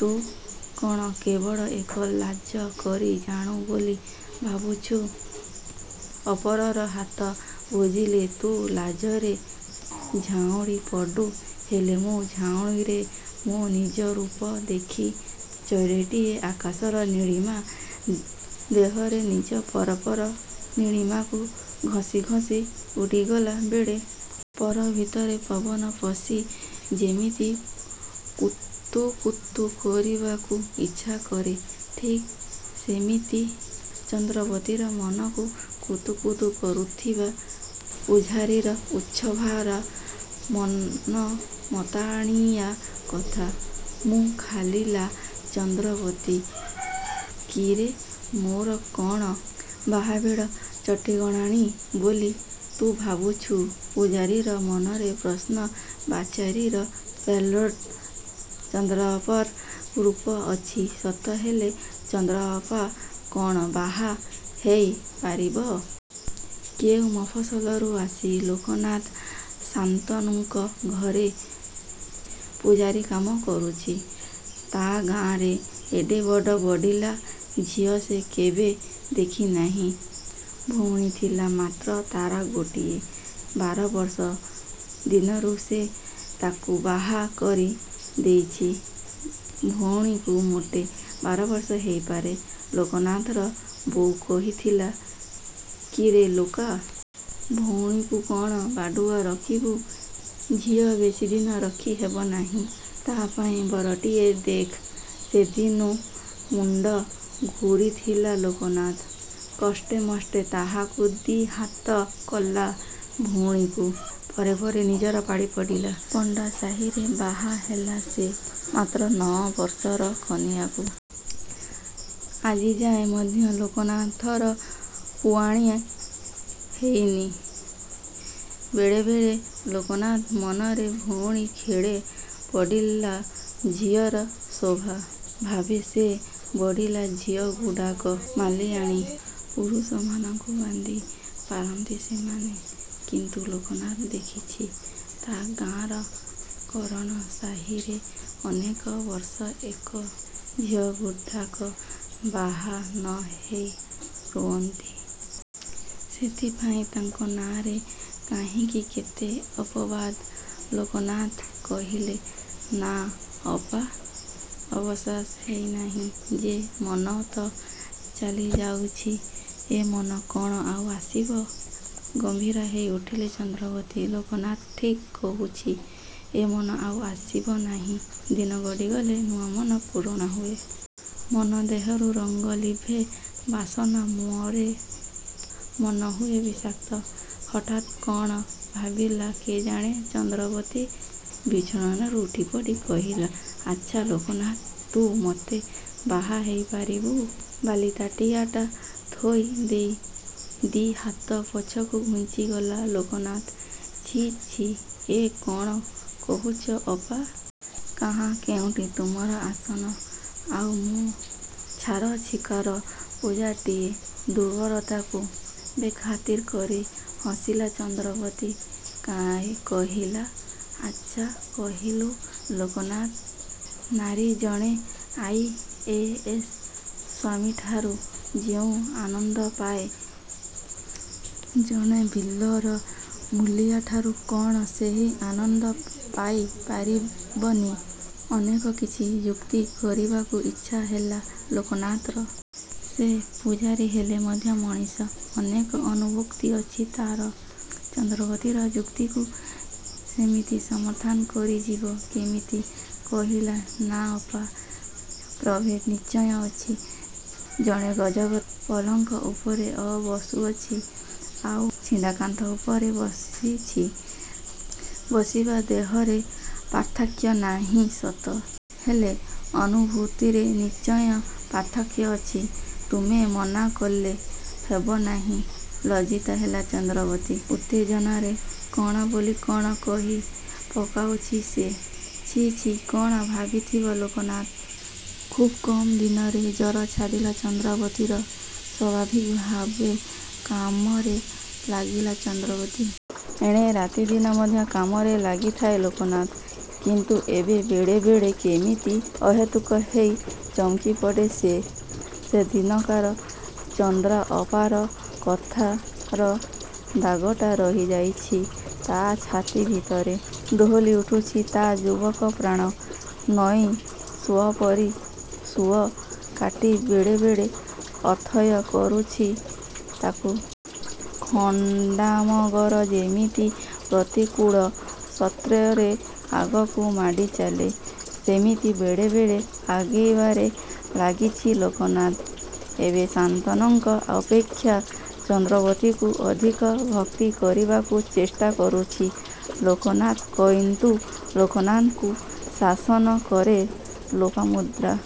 ତୁ। କ'ଣ କେବଳ ଏକା ଲାଜ କରି ଜାଣୁ ବୋଲି ଭାବୁଛୁ? ଅପରର ହାତ ବେଜିଲେ ତୁ ଲାଜରେ ଝାଉଁଳି ପଡ଼ୁ ହେଲେ ମୁଁ ଝାଉଁଳେ ମୋ ନିଜ ରୂପ ଦେଖି। ଚଢ଼େଇଟିଏ ଆକାଶର ନୀଳିମା ଦେହରେ ନିଜ ପରର ନୀଳିମାକୁ ଘଷି ଘଷି ଉଡ଼ିଗଲା ବେଳେ... ପର ଭିତରେ ପବନ ପଶି ଯେମିତି କୁତୁକୁତୁ କରିବାକୁ ଇଚ୍ଛା କରେ—ଠିକ୍ ସେମିତି ଚନ୍ଦ୍ରାବତୀର ମନକୁ କୁତୁକୁତୁ କରୁଥିଲା ପୂଝାରୀର ଉତ୍ସାହଭରା ମନମତାଣିଆ କଥା-। ମୁହଁ ଖୋଲିଲା ଚନ୍ଦ୍ରାବତୀ ''କିରେ! ମୋର କ'ଣ ବାହାବେଳ ଚଟିଗଲାଣି ବୋଲି ତୁ ଭାବୁଛୁ? '' ପୂଝାରୀର ମନରେ ପ୍ରଶ୍ନବାଚୀର ପ୍ୟାରେଡ଼ ଚନ୍ଦ୍ରାଅପାର ରୂପ ଅଛି ସତ ହେଲେ ଚନ୍ଦ୍ରାଅପା କ'ଣ ବାହା ହେଇ ପାରିବ? କେଉଁ ମଫସଲରୁ ଆସି ଲୋକନାଥ ଶାନ୍ତନୁଙ୍କ ଘରେ ପୂଝାରୀ କାମ କରୁଛି। ତା' ଗାଁରେ ଏଡ଼େ ବଡ଼ ବଢିଲା ଝିଅ ସେ କେବେ ଦେଖିନାହିଁ। ଭଉଣୀ ଥିଲା ମାତ୍ର ତା'ର ଗୋଟିଏ। ବାର ବର୍ଷ ଦିନରୁ ସେ ତାକୁ ବାହାକରି ଦେଇଛି। ଭଉଣୀକୁ ମୋଟେ ବାର ବର୍ଷ ହେବାପରେ ଲୋକନାଥର ବୋଉ କହିଥିଲା—କିରେ ଲୋକା! ଭଉଣୀକୁ କ'ଣ ବାଡ଼ୁଅ ରଖିବୁ? ଝିଅ ବେଶୀଦିନ ରଖି ହେବନାହିଁ। ତା'ପାଇଁ ବରଟିଏ ଦେଖ୍... ସେଇଦିନୁ ମୁଣ୍ତ ଘୂରିଥିଲା ଲୋକନାଥର। କଷ୍ଟେ ମଷ୍ଟେ ହାତକୁ ଦି' ହାତ କଲା ଭଉଣୀକୁ। ପରେ ପରେ ନିଜର ପାଳି ପଡ଼ିଲା। ପଣ୍ତା ସାହିରେ ବାହା ହେଲା ସେ—ମାତ୍ର ନ ବର୍ଷର କନିଆଁକୁ। ଆଜିଯାଏ ମଧ୍ୟ ଲୋକନାଥର ପୁଆଣି ହୋଇନି। ବେଳେ ବେଳେ ଲୋକନାଥ ମନରେ ଭଉଁରୀ ଖେଳେ ବଢ଼ିଲା ଝିଅର ଶୋଭା। ଭାବେ ସେ ବଢ଼ିଲା ଝିଅଗୁଡ଼ାକ ମାଲିଆଣୀ। ପୁରୁଷ ମନକୁ ବାନ୍ଧି ପାରନ୍ତି ସେମାନେ। କିନ୍ତୁ ଲୋକନାଥ ଦେଖିଛି ତା' ଗାଁର କରଣ ସାହିରେ ଅନେକ ବର୍ଷ କାଏ ଝିଅଗୁଡ଼ାକ ବାହା ନ ହେଇ ରୁଅନ୍ତି। ସେଇଥିପାଇଁ ତାଙ୍କ ନାଁରେ କାହିଁ କେତେ ଅପବାଦ... ଲୋକନାଥ କହିଲା—''ନାଁ ଅପା! ବଅସ ଯାଇନାହିଁ ଯେ ମନ ତ ଚାଲିଯାଉଛି। ଏ ମନ କ'ଣ ଆଉ ଆସିବ? '' ଗମ୍ଭୀରା ହୋଇଉଠିଲା ଚନ୍ଦ୍ରାବତୀ। ଲୋକନାଥ ଠିକ୍ କହୁଛି। ଏ ମନ ଆଉ ଆସିବ ନାହିଁ। ଦିନ ଗଡ଼ିଗଲେ ନୂଆ ମନ ପୁରୁଣା ହୁଏ... ମନ ଦେହରୁ ରଙ୍ଗ ଲିତ୍ତେ ବାସନା ମରେ ମନ ହୁଏ ବିଷାକ୍ତ। ହଠାତ୍ କ'ଣ ଭାବିଲା କେଜାଣି ଚନ୍ଦ୍ରାବତୀ ବିଛଣାରୁ ଉଠିପଡ଼ି କହିଲା–''ଆଚ୍ଛା ଲୋକନାଥ! ତୁ ମତେ ବାହା ହେଇପାରିବୁ? '' ବାଲି ତାଟିଆଟା ଥୋଇ ଦେଇ ଦି'ହାତ ପଛକୁ ଘୁଞ୍ଚିଗଲା ଲୋକନାଥ। ଛି ଛି ଏ କ'ଣ କହୁଛ ଅପା! କାହିଁ କେଉଁଠି ତୁମର ଆସନ... ଆଉ ମୁଁ...। ଛାର ଛିକର ପୂଝାରୀଟାଏ। ଦୁର୍ବଳତାକୁ ବେଖାତିର କରି ହସିଲା ଚନ୍ଦ୍ରାବତୀ—କହିଲା—''ଆଚ୍ଛା କହିଲୁ ଲୋକନାଥ ନାରୀ ଜଣେ ଆଇ. ଏ. ଏସ ସ୍ୱାମୀଠାରୁ ଯେଉଁ ଆନନ୍ଦ ପାଏ—ଜଣେ ବିଲର ମୂଲିଆଠାରୁ କ'ଣ ସେହି ଆନନ୍ଦ ପାଇ ପାରିବନି? '' ଅନେକ କିଛି ଯୁକ୍ତି କରିବାକୁ ଇଚ୍ଛା ହେଲା ଲୋକନାଥର। ସେ ପୂଝାରୀ ହେଲେ ମଧ୍ୟ ମଣିଷ। ଅନେକ ଅନୁଭୂତି ଅଛି ତା'ର। ଚନ୍ଦ୍ରାବତୀର ଯୁକ୍ତିକୁ ସେମିତି ସମର୍ଥନ କରିଯିବ କେମିତି-? କହିଲା—''ନାଁ ଅପା? ପ୍ରଭେଦ ନିଶ୍ଚୟ ଅଛି। ଜଣେ ଗଜବନ୍ତ ପଲଙ୍କ ଉପରେ ବସୁଛି—ଆଉ ଛିଣ୍ତା କନ୍ଥା ଉପରେ ବସୁଛି। ବସିବା ଦେହରେ ପାର୍ଥକ୍ୟ ନାହିଁ ସତ। ହେଲେ ଅନୁଭୂତିରେ ନିଶ୍ଚୟ ପାର୍ଥକ୍ୟ ଅଛି। ତୁମେ ମନା କଲେ ହେବନାହିଁ। '' ଲଜ୍ଜିତା ହେଲା ଚନ୍ଦ୍ରାବତୀ। ଉତ୍ତେଜନାରେ କ'ଣ ବୋଲି କ'ଣ କହି ପକାଉଛି ସେ। ଛି ଛି କ'ଣ ଭାବିଥିବ ଲୋକନାଥ? ଖୁବ୍ କମ୍ ଦିନରେ ଜର ଛାଡ଼ିଲା ଚନ୍ଦ୍ରାବତୀର। ସ୍ୱଭାବିକ୍ ଭାବେ କାମରେ ଲାଗିଲା ଚନ୍ଦ୍ରାବତୀ। ଏଣେ ରାତି ଦିନ ମଧ୍ୟ କାମରେ ଲାଗିଥାଏ ଲୋକନାଥ। କିନ୍ତୁ ଏବେ ବେଳେ ବେଳେ କେମିତି ଅହେତୁକ ହୋଇ ଚମକି ପଡ଼େ ସେ। ସେ ଦିନକାର—ଚନ୍ଦ୍ରାଅପାର କଥାର ଦାଗଟା ରହିଯାଇଛି ତା' ଛାତି ଭିତରେ। ଦୋହଲି ଉଠୁଛି ତା ଯୁବକ ପ୍ରାଣ। ନଈ ସୁଅପରି ସୁଅ କାଟି ବେଳେ ବେଳେ ଅଥୟ କରୁଛି ତାକୁ-। ଖଣ୍ତାମଗର ଯେମିତି ପ୍ରତିକୁଳ ସ୍ରୋତରେ ଆଗକୁ ମାଡ଼ିଚାଲେ—ସେମିତି ବେଳେ ବେଳେ ଆଗେଇବାରେ ଲାଗିଛି ଲୋକନାଥ। ଏବେ ଶାନ୍ତନୁଙ୍କ ଅପେକ୍ଷା ଚନ୍ଦ୍ରାବତୀକୁ ଅଧିକ ଭକ୍ତି କରିବାକୁ ଚେଷ୍ଟା କରୁଛି ଲୋକନାଥ କିନ୍ତୁ ଲୋକନାଥକୁ ଶାସନ କରେ ଲୋପାମୁଦ୍ରା।